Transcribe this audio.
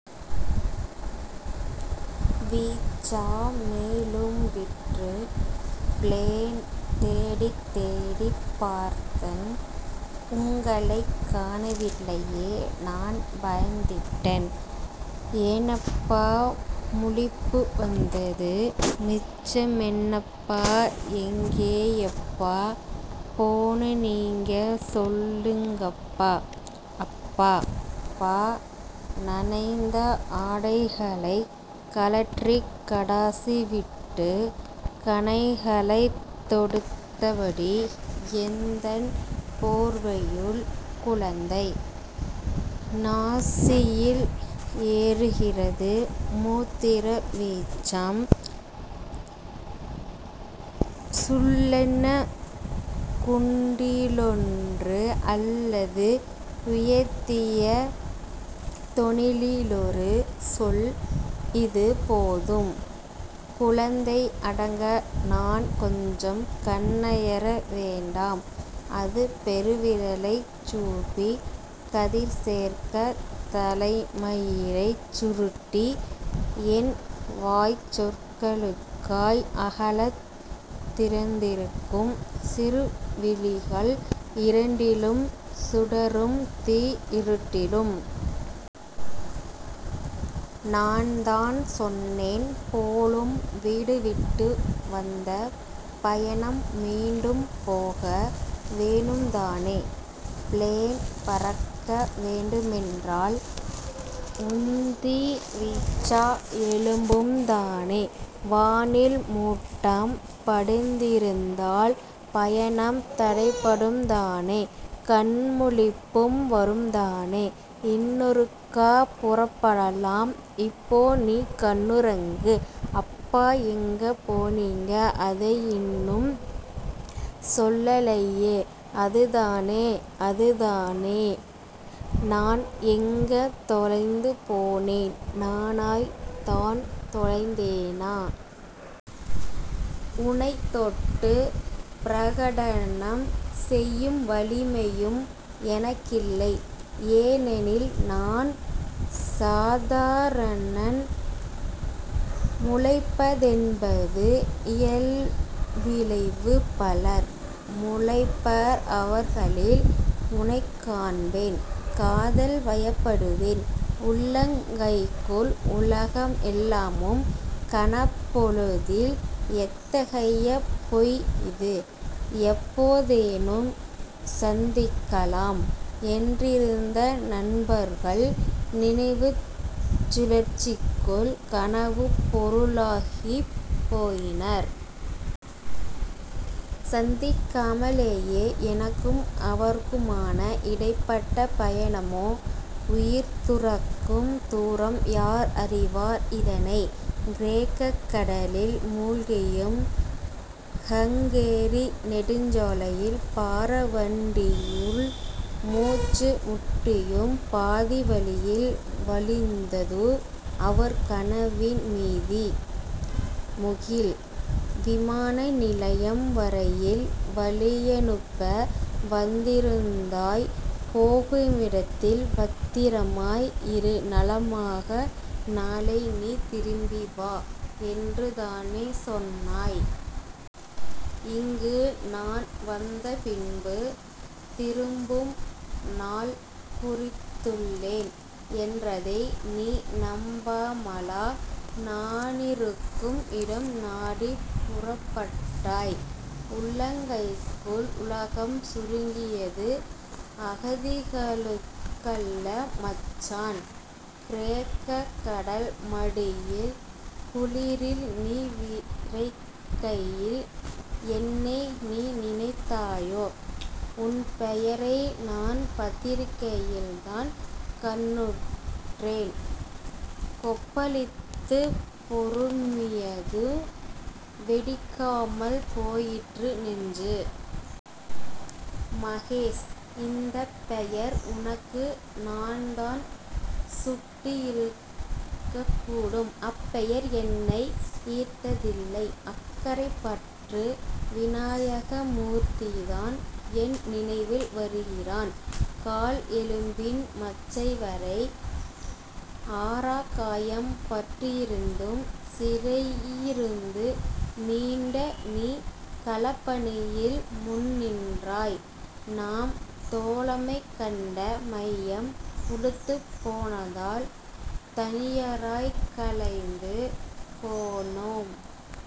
வீச்சா மேலெழும்பிற்று பிளேன் தேடித் தேடிப் பார்த்தன் உங்களைக் காணவில்லையே நான் பயந்திட்டன் ஏனப்பா முழிப்பு வந்தது மிச்சமென்னப்பா எங்கேயப்பா போனனீங்க சொல்லுங்கப்பா... அப்பா... பா... நனைந்த ஆடைகளைக் கழற்றிக் கடாசிவிட்டு கணைகளைத் தொடுத்தபடி எந்தன் போர்வையுள் குழந்தை. நாசியில் ஏறுகிறது மூத்திர வீச்சம் சுள்ளென குண்டியிலொன்று அல்லது உயர்த்திய தொனியிலொரு சொல் இது போதும் குழந்தை அடங்க நான் கொஞ்சம் கண்ணயர வேண்டாம் அது பெருவிரலைச் சூப்பி கதிர்சேர்க்க தலைமயிரைச் சுருட்டி என் வாய்ச்சொற்களுக்காய் அகலத் திறந்திருக்கும் சிறு விழிகள் இரண்டிலும் சுடரும் தீ இருட்டிலும்.... நான்தான் சொன்னேன் போலும் வீடுவிட்டு வந்த பயணம் மீண்டும் போக வேணும்தானே பிளேன் பறக்க வேண்டுமென்றால் உந்தி வீச்சா எழும்பும்தானே வானில் மூட்டம் படிந்திருந்தால் பயணம் தடைப்படும்தானே கண்முழிப்பும் வரும்தானே இன்னொருக்கா புறப்படலாம் இப்போ நீ கண்ணுறங்கு. அப்பா எங்க போனீங்க அதை இன்னும் சொல்லலையே அதுதானே அதுதானே நான் எங்க தொலைந்து போனேன் நானாய்த் தான் தொலைந்தேனா? உனைத் தொட்டு பிரகடனம் செய்யும் வலிமையும் எனக்கில்லை ஏனெனில் நான் சாதாரணன் முளைப்பதென்பது இயல்விளைவு பலர் முளைப்பர் அவர்களில் உனைக்காண்பேன் காதல்வயப்படுவேன். உள்ளங் கைக்குள் உலகம் எல்லாமும் கணப்பொழுதில் எத்தகைய பொய் இது. எப்போதேனும் சந்திக்கலாம் என்றிருந்த நண்பர்கள் நினைவுச் சுழற்சிக்குள் கனவுப் பொருளாகிப் போயினர். சந்திக்காமலேயே எனக்கும் அவர்க்குமான இடைப்பட்ட பயணமோ உயிர் துறக்கும் தூரம் யார் அறிவார் இதனை? கிரேக்கக் கடலில் மூழ்கியும், ஹங்கேரி நெடுஞ்சாலையில் பாரவண்டியுள் மூச்சு முட்டியும், பாதிவழியில் வழிந்தது அவர் கனவின் மீதி...! முகில்! விமான நிலையம் வரையில் வழியனுப்ப வந்திருந்தாய் போகுமிடத்தில் பத்திரமாய் இரு நலமாக நாளை நீ திரும்பி வா" என்றுதானே சொன்னாய். இங்கு நான் வந்த பின்பு திரும்பும் நாள் குறித்துள்ளேன் என்றதை நீ நம்பாமலா நானிருக்கும் இடம் நாடிப் புறப்பட்டாய்? உள்ளங்கைக்குள் உலகம் சுருங்கியது அகதிகளுக்கல்ல மச்சான்! கிரேக்க கடல் மடியில் குளிரில் நீ விறைக்கையில் என்னை நீ நினைத்தாயோ! உன் பெயரை நான் பத்திரிகையில்தான் கண்ணுற்றேன் கொப்பளித்து பொருமியது, வெடிக்காமல் போயிற்று நெஞ்சு! மகேஷ்! இந்தப் பெயர் உனக்கு நான்தான் சுட்டியிருக்கக்கூடும் அப்பெயர் என்னை ஈர்த்ததில்லை அக்கரைப்பற்று வினாயகமூர்த்திதான் என் நினைவில் வருகிறான். கால் எலும்பின் மச்சைவரை। ஆறாக்காயம் பட்டிருந்தும் சிறையிருந்து மீண்ட நீ களப்பணியில் முன்நின்றாய். நாம் தோழமை கண்ட மையம் உளுத்துப்போனதால் தனியராய் கலைந்து போனோம்.